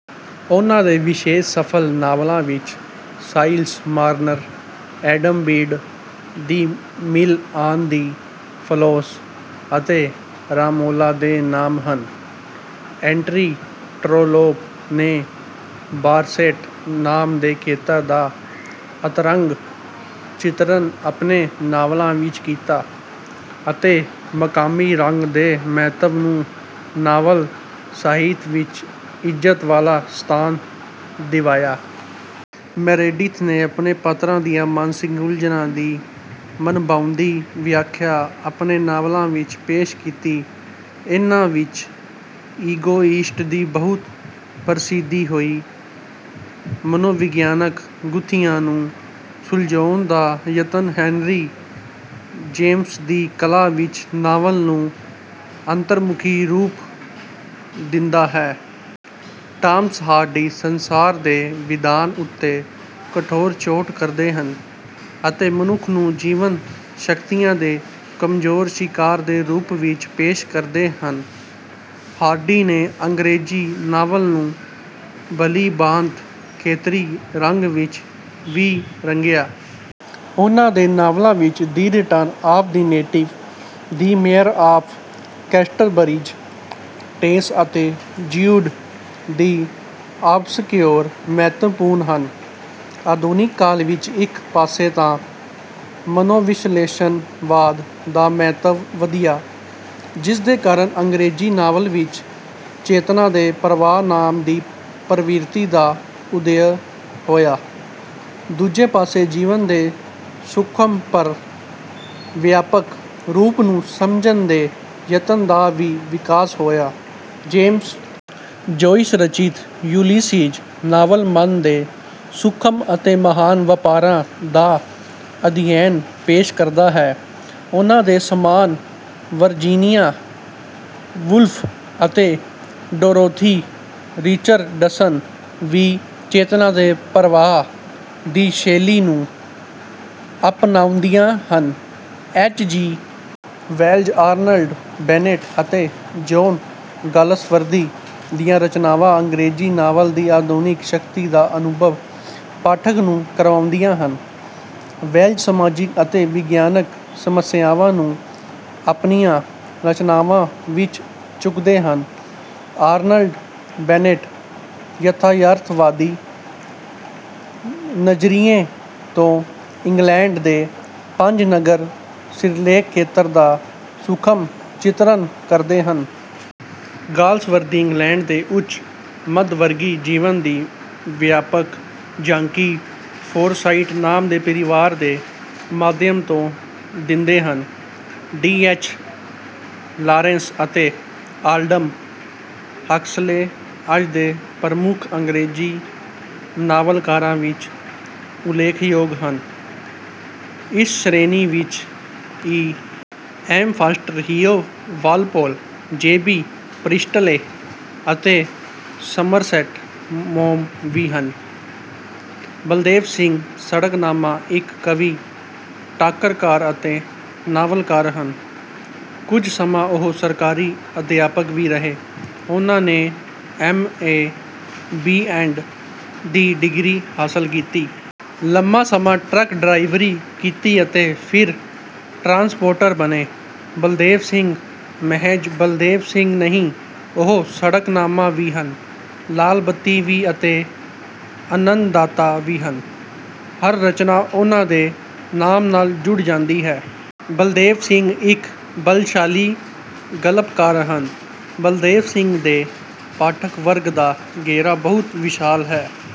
ਉਨ੍ਹਾਂ ਦੇ ਵਿਸ਼ੇਸ਼ ਸਫਲ ਨਾਵਲਾਂ ਵਿੱਚ 'Silas Marner', 'Adam Bede', 'The Mill on the Floss' ਅਤੇ 'ਰਾਮੋਲਾ' ਦੇ ਨਾਮ ਹਨ। ਐਂਟਨੀ ਟਰੌਲੌਪ ਨੇ ਬਾਰਸੇਟ ਨਾਮ ਦੇ ਖੇਤਰ ਦਾ ਅੰਤਰੰਗ ਚਿਤਰਣ ਆਪਣੇ ਨਾਵਲਾਂ ਵਿੱਚ ਕੀਤਾ ਅਤੇ ਮਕਾਮੀ ਰੰਗ ਦੇ ਮਹੱਤਵ ਨੂੰ ਨਾਵਲ ਸਾਹਿਤ ਵਿੱਚ ਇੱਜ਼ਤ ਵਾਲਾ ਸਥਾਨ ਦਿਵਾਇਆ। ਮੇਰੇਡਿਥ ਨੇ ਆਪਣੇ ਪਾਤਰਾਂ ਦੀਆਂ ਮਾਨਸਿਕ ਉਲਝਣਾਂ ਦੀ ਮਨਭਾਉਂਦੀ ਵਿਆਖਿਆ ਆਪਣੇ ਨਾਵਲਾਂ ਵਿੱਚ ਪੇਸ਼ ਕੀਤੀ। ਇਹਨਾਂ ਵਿੱਚ 'ਇਗੋਇਸਟ' ਦੀ ਬਹੁਤ ਪ੍ਰਸਿਧੀ ਹੋਈ। ਮਨੋਵਿਗਿਆਨਕ ਗੁੱਥੀਆਂ ਨੂੰ ਸੁਲਝਾਉਣ ਦਾ ਯਤਨ ਹੈਨਰੀ ਜੇਮਸ ਦੀ ਕਲਾ ਵਿੱਚ ਨਾਵਲ ਨੂੰ ਅੰਤਰਮੁਖੀ ਰੂਪ ਦਿੰਦਾ ਹੈ। ਟਾਮਸ ਹਾਰਡੀ ਸੰਸਾਰ ਦੇ ਵਿਧਾਨ ਉੱਤੇ ਕਠੋਰ ਚੋਟ ਕਰਦੇ ਹਨ ਅਤੇ ਮਨੁੱਖ ਨੂੰ ਜੀਵਨ-ਸ਼ਕਤੀਆਂ ਦੇ ਕਮਜ਼ੋਰ ਸ਼ਿਕਾਰ ਦੇ ਰੂਪ ਵਿੱਚ ਪੇਸ਼ ਕਰਦੇ ਹਨ। ਹਾਰਡੀ ਨੇ ਅੰਗਰੇਜ਼ੀ ਨਾਵਲ ਨੂੰ ਭਲੀ ਭਾਂਤ ਖੇਤਰੀ ਰੰਗ ਵਿੱਚ ਵੀ ਰੰਗਿਆ। ਉਨ੍ਹਾਂ ਦੇ ਨਾਵਲਾਂ ਵਿੱਚ 'The Return of the Native', 'The Mayor of Casterbridge', 'Tess', ਅਤੇ 'ਜਿਊਡ ਦਿ ਆਬਸਕਯੋਰ' ਮਹੱਤਵਪੂਰਨ ਹਨ। ਆਧੁਨਿਕ ਕਾਲ ਵਿੱਚ ਇੱਕ ਪਾਸੇ ਤਾਂ ਮਨੋਵਿਸ਼ਲੇਸ਼ਣਵਾਦ ਦਾ ਮਹੱਤਵ ਵਧਿਆ, ਜਿਸਦੇ ਕਾਰਨ ਅੰਗਰੇਜ਼ੀ ਨਾਵਲ ਵਿੱਚ 'ਚੇਤਨਾ ਦੇ ਪ੍ਰਵਾਹ' ਨਾਮ ਦੀ ਪ੍ਰਵਿਰਤੀ ਦਾ ਉਦਅ ਹੋਇਆ; ਦੂਜੇ ਪਾਸੇ ਜੀਵਨ ਦੇ ਸੂਖਮ ਪਰ ਵਿਆਪਕ ਰੂਪ ਨੂੰ ਸਮਝਣ ਦੇ ਯਤਨ ਦਾ ਵੀ ਵਿਕਾਸ ਹੋਇਆ। ਜੇਮਸ ਜੋਇਸ ਰਚਿਤ 'ਯੂਲਿਸੀਜ਼' ਨਾਵਲ ਮਨ ਦੇ ਸੂਖਮ ਅਤੇ ਮਹਾਨ ਵਪਾਰਾਂ ਦਾ ਅਧਿਐਨ ਪੇਸ਼ ਕਰਦਾ ਹੈ। ਉਨ੍ਹਾਂ ਦੇ ਸਮਾਨ ਵਰਜੀਨੀਆ ਵੁਲਫ਼ ਅਤੇ ਡੋਰੋਥੀ ਰਿਚਰਡਸਨ ਵੀ 'ਚੇਤਨਾ ਦੇ ਪ੍ਰਵਾਹ' ਦੀ ਸ਼ੈਲੀ ਨੂੰ ਅਪਣਾਉਂਦੀਆਂ ਹਨ। ਐੱਚ. ਜੀ. ਵੇਲਜ਼, ਆਰਨਲਡ ਬੈਨੇਟ ਅਤੇ ਜੌਨ ਗਾਲਸਵਰਦੀ ਦੀਆਂ ਰਚਨਾਵਾਂ ਅੰਗਰੇਜ਼ੀ ਨਾਵਲ ਦੀ ਆਧੁਨਿਕ ਸ਼ਕਤੀ ਦਾ ਅਨੁਭਵ ਪਾਠਕ ਨੂੰ ਕਰਵਾਉਂਦੀਆਂ ਹਨ। ਵੇਲਜ਼ ਸਮਾਜਿਕ ਅਤੇ ਵਿਗਿਆਨਕ ਸਮੱਸਿਆਵਾਂ ਨੂੰ ਆਪਣੀਆਂ ਰਚਨਾਵਾਂ ਵਿੱਚ ਚੁੱਕਦੇ ਹਨ। ਆਰਨਲਡ ਬੈਨੇਟ ਯਥਾਰਥਵਾਦੀ ਨਜ਼ਰੀਏ ਤੋਂ ਇੰਗਲੈਂਡ ਦੇ 'ਪੰਜ ਨਗਰ' ਸਿਰਲੇਖ ਖੇਤਰ ਦਾ ਸੂਖਮ ਚਿਤਰਣ ਕਰਦੇ ਹਨ। ਗਾਲਸਵਰਦੀ ਇੰਗਲੈਂਡ ਦੇ ਉੱਚ-ਮੱਧਵਰਗੀ ਜੀਵਨ ਦੀ ਵਿਆਪਕ ਝਾਂਕੀ 'ਫੋਰਸਾਇਟ' ਨਾਮ ਦੇ ਪਰਿਵਾਰ ਦੇ ਮਾਧਿਅਮ ਤੋਂ ਦਿੰਦੇ ਹਨ। ਡੀ. ਐੱਚ. ਲਾਰੈਂਸ ਅਤੇ ਆਲਡਸ ਹਕਸਲੇ ਅੱਜ ਦੇ ਪ੍ਰਮੁੱਖ ਅੰਗਰੇਜ਼ੀ ਨਾਵਲਕਾਰਾਂ ਵਿੱਚ ਉਲੇਖਯੋਗ ਹਨ। ਇਸ ਸ਼੍ਰੇਣੀ ਵਿੱਚ E. M. Forster, Hugh Walpole, J. B. Priestley ਅਤੇ ਸਮਰਸੈਟ ਮੌਮ ਵੀ ਹਨ। ਬਲਦੇਵ ਸਿੰਘ ਸੜਕਨਾਮਾ ਇੱਕ ਕਵੀ, ਨਾਟਕਕਾਰ ਅਤੇ ਨਾਵਲਕਾਰ ਹਨ। ਕੁਝ ਸਮਾਂ ਉਹ ਸਰਕਾਰੀ ਅਧਿਆਪਕ ਵੀ ਰਹੇ। ਉਨ੍ਹਾਂ ਨੇ ਐੱਮ.ਏ. ਬੀ.ਐੱਡ. ਦੀ ਡਿਗਰੀ ਹਾਸਲ ਕੀਤੀ। ਲੰਮਾ ਸਮਾਂ ਟਰੱਕ ਡਰਾਈਵਰੀ ਕੀਤੀ ਅਤੇ ਫਿਰ ਟਰਾਂਸਪੋਰਟਰ ਬਣੇ। ਬਲਦੇਵ ਸਿੰਘ ਮਹਿਜ਼ ਬਲਦੇਵ ਸਿੰਘ ਨਹੀਂ, ਉਹ 'ਸੜਕਨਾਮਾ' ਵੀ ਹਨ, 'ਲਾਲ ਬੱਤੀ' ਵੀ ਅਤੇ 'ਅੰਨਦਾਤਾ' ਵੀ ਹਨ। ਹਰ ਰਚਨਾ ਉਨ੍ਹਾਂ ਦੇ ਨਾਮ ਨਾਲ ਜੁੜ ਜਾਂਦੀ ਹੈ। ਬਲਦੇਵ ਸਿੰਘ ਇੱਕ ਬਲਸ਼ਾਲੀ ਗਲਪਕਾਰ ਹਨ। ਬਲਦੇਵ ਸਿੰਘ ਦੇ ਪਾਠਕ ਵਰਗ ਦਾ ਘੇਰਾ ਬਹੁਤ ਵਿਸ਼ਾਲ ਹੈ।